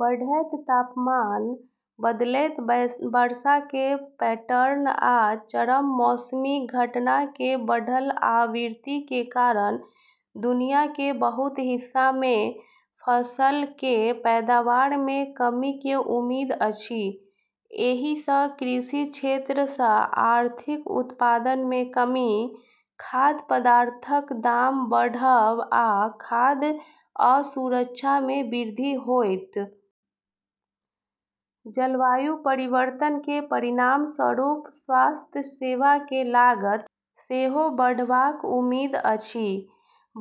बढ़ैत तापमान, बदलैत वर्षा के पैटर्न, आ चरम मौसमी घटना के बढ़ल आवृत्ति के कारण दुनिया के बहुत हिस्सा मे फसल के पैदावार मे कमी के उम्मीद अछि। एहि सँ कृषि क्षेत्र सँ आर्थिक उत्पादन मे कमी, खाद्य पदार्थक दाम बढ़ब, आ खाद्य असुरक्षा मे वृद्धि होइत। जलवायु परिवर्तन के परिणामस्वरूप स्वास्थ्य सेवा के लागत सेहो बढ़बाक उम्मीद अछि।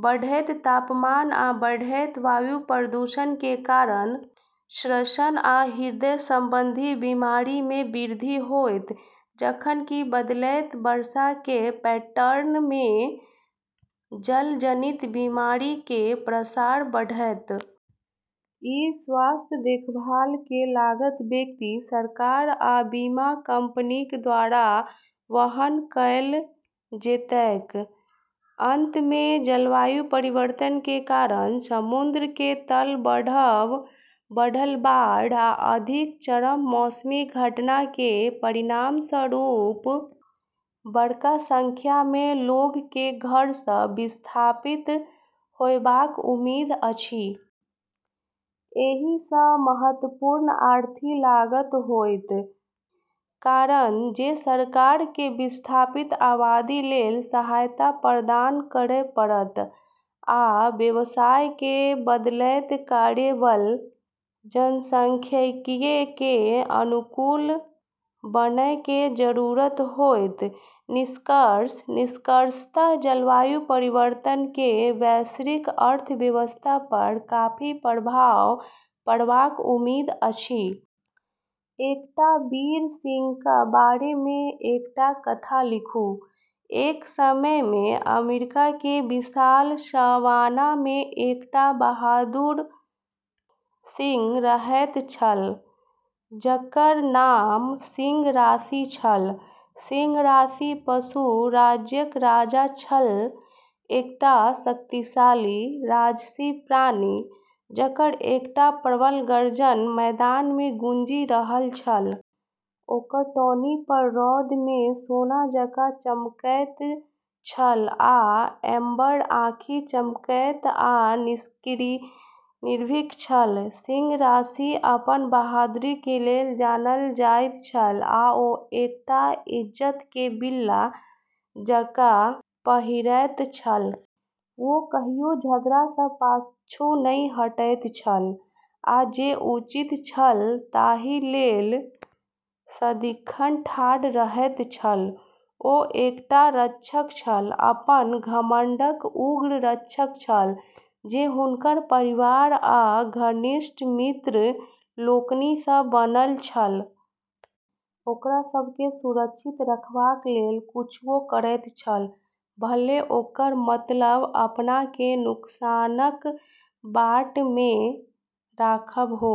बढ़ैत तापमान आ बढ़ैत वायु प्रदूषण के कारण श्वसन आ हृदय संबंधी बीमारी मे वृद्धि होइत, जखन कि बदलैत वर्षा के पैटर्न मे जलजनित बीमारी के प्रसार बढ़ैत। ई स्वास्थ्य देखभाल के लागत व्यक्ति, सरकार, आ बीमा कंपनीक द्वारा वहन कएल जेतैक। अंत मे, जलवायु परिवर्तन के कारण समुद्र के तल बढ़ब, बढ़ल बाढ़, आ अधिक चरम मौसमी घटना के परिणामस्वरूप बड़का संख्या मे लोग केँ घर सँ विस्थापित होयबाक उम्मीद अछि। एहि सँ महत्वपूर्ण आर्थिक लागत होइत, कारण जे सरकार केँ विस्थापित आबादी लेल सहायता प्रदान करय पड़त, आ व्यवसाय केँ बदलैत कार्यबल जनसांख्यिकीय के अनुकूल बनय के जरूरत होइत। निष्कर्ष निष्कर्षतः जलवायु परिवर्तन के वैश्विक अर्थव्यवस्था पर काफी प्रभाव पड़बाक उम्मीद अछि। एकटा वीर सिंहक बारे मे एकटा कथा लिखू। एक समय मे अमेरिका के विशाल सवाना मे एकटा बहादुर सिंह रहैत छल, जकर नाम सिंह राशि छल। सिंह राशि पशु राज्यक राजा छल, एकटा शक्तिशाली, राजसी प्राणी, जकर एकटा प्रबल गर्जन मैदान मे गूँजि रहल छल। ओकर टॉनी फर रौद मे सोना जकाँ चमकैत छल आ एम्बर आँखि चमकैत आ निर्भीक छल। सिंह राशि अपन बहादुरी के लेल जानल जाइत छल, आ ओ एकरा इज्जत के बिल्ला जकाँ पहिरैत छल। ओ कहियो झगड़ा सँ पाछू नहि हटैत छल, आ जे उचित छल ताहि लेल सदिखन ठाढ़ रहैत छल। ओ एकटा रक्षक छल, अपन घमंडक उग्र रक्षक छल, जे हुनकर परिवार आ घनिष्ठ मित्र लोकनि सँ बनल छल। ओकरा सभ केँ सुरक्षित रखबाक लेल कुछुओ करैत छल, भले ओकर मतलब अपनाकेँ नुकसानक बाट मे राखब हो।